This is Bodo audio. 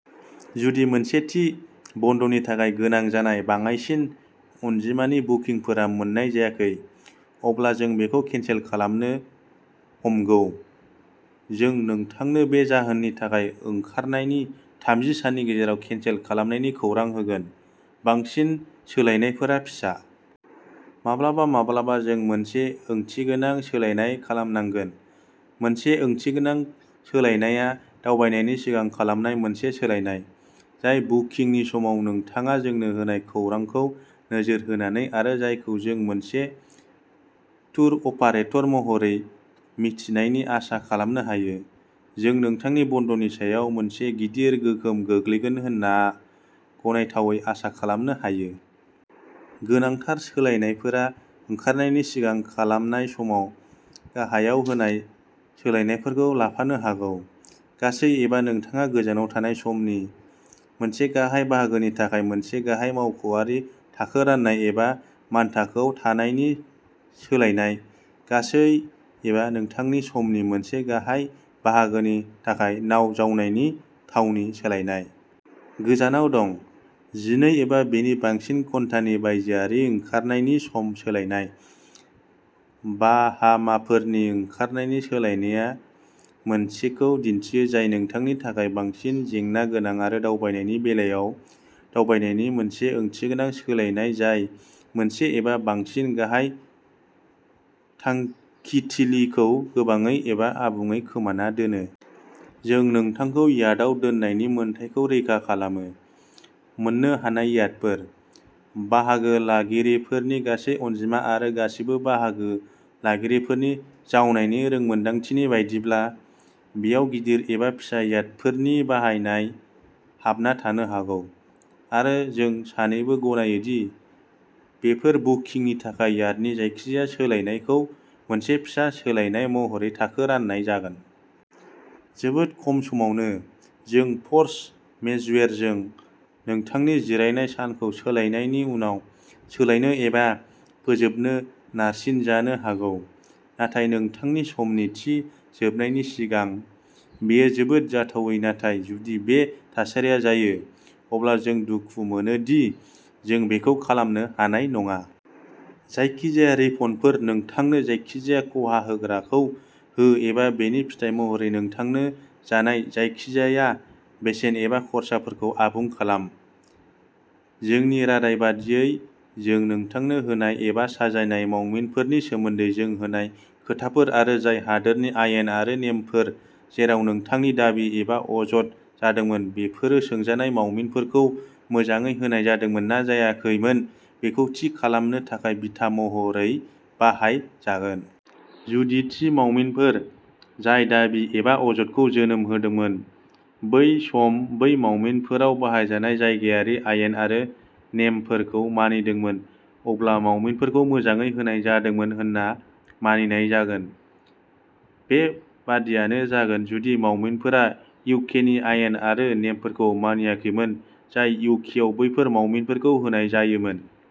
जुदि मोनसे थि बन्दनि थाखाय गोनां जानाय बाङाइसिन अनजिमानि बुकिंफोरा मोन्नाय जायाखै, अब्ला जों बेखौ केनसेल खालामनो ह'मगौ। जों नोंथांनो बे जाहोननि थाखाय ओंखारनायनि थामजि साननि गेजेराव केनसेल खालामनायनि खौरां होगोन। बांसिन सोलायनायफोरा फिसा। माब्लाबा-माब्लाबा, जों मोनसे ओंथिगोनां सोलायनाय खालामनांगोन। मोनसे ओंथिगोनां सोलायनायआ दावबायनायनि सिगां खालामनाय मोनसे सोलायनाय, जाय बुकिंनि समाव नोंथाङा जोंनो होनाय खौरांखौ नोजोर होनानै आरो जायखौ जों मोनसे टुर अपारेटर महरै मिथिनायनि आसा खालामनो हायो, जों नोंथांनि बन्दनि सायाव मोनसे गिदिर गोहोम गोग्लैगोन होनना गनायथावै आसा खालामनो हायो। गोनांथार सोलायनायफोरा ओंखारनायनि सिगां खालामनाय समाव गाहायाव होनाय सोलायनायफोरखौ लाफानो हागौ; गासै एबा नोंथाङा गोजानाव थानाय समनि मोनसे गाहाय बाहागोनि थाखाय मोनसे गाहाय मावख'आरि थाखो राननाय एबा मानथाखोआव थानायनि सोलायनाय, गासै एबा नोंथांनि समनि मोनसे गाहाय बाहागोनि थाखाय नाव जावनायनि थावनि सोलायनाय। गोजानाव दं, जिनै एबा बेनि बांसिन घन्टानि बायजोआरि ओंखारनायनि सम सोलायनाय, बाहामाफोरनि ओंखारनायनि सोलायनाया मोनसेखौ दिन्थियो जाय नोंथांनि थाखाय बांसिन जेंना गोनां आरो दावबायनायनि बेलायाव, दावबायनायनि मोनसे ओंथिगोनां सोलायनाय जाय मोनसे एबा बांसिन गाहाय थांखिथिलिखौ गोबाङैनो एबा आबुङै खोमाना दोनो। जों नोंथांखौ याटआव दोननायनि मोन्थाइखौ रैखा खालामो, मोन्नो हानाय याटफोर, बाहागो लागिरिफोरनि गासै अनजिमा आरो गासैबो बाहागो लागिरिफोरनि जावनायनि रोंमोनदांथिनि बायदिब्ला, बेयाव गिदिर एबा फिसा याटफोरनि बाहायनाय हाबना थानो हागौ आरो जों सानैबो गनायो दि बेफोर बुकिंनि थाखाय याटनि जायखिजाया सोलायनायखौ मोनसे फिसा सोलायनाय महरै थाखो राननाय जागोन। जोबोद खम समावनो, जों फर्स मेज्युरे जों नोंथांनि जिरायनाय सानखौ सोलायनायनि उनाव सोलायनो एबा फोजोबनो नारसिनजानो हागौ, नाथाय नोंथांनि समनि थि जोबनायनि सिगां। बेयो जोबोद जाथावै नाथाय जुदि बे थासारिया जायो, अब्ला जों दुखु मोनो दि जों बेखौ खालामनो हानाय नङा। जायखिजाया रिफन्डफोर, नोंथांनो जायखिजाया खहा होग्राखौ हो एबा बेनि फिथाय महरै नोंथांनो जानाय जायखिजाया बेसेन एबा खर्साफोरखौ आबुं खालाम। जोंनि रादाय बायदियै जों नोंथांनो होनाय एबा साजायनाय मावमिनफोरनि सोमोन्दै जों होनाय खोथाफोर आरो जाय हादोरनि आयेन आरो नेमफोर जेराव नोंथांनि दाबि एबा अजद जादोंमोन बेफोरो सोंजानाय मावमिनफोरखौ मोजाङै होनाय जादोंमोन ना जायाखैमोन बेखौ थि खालामनो थाखाय बिथा महरै बाहाय जागोन। जुदि थि मावमिनफोर जाय दाबि एबा अजदखौ जोनोम होदोंमोन, बै समाव बै मावमिनफोराव बाहायजानाय जायगायारि आयेन आरो नेमफोरखौ मानिदोंमोन, अब्ला मावमिनफोरखौ मोजाङै होनाय जादोंमोन होनना मानिनाय जागोन। बे बादियानो जागोन जुदि मावमिनफोरा इउकेनि आयेन आरो नेमफोरखौ मानियाखैमोन जाय इउकेआव बैफोर मावमिनफोरखौ होनाय जायोमोन।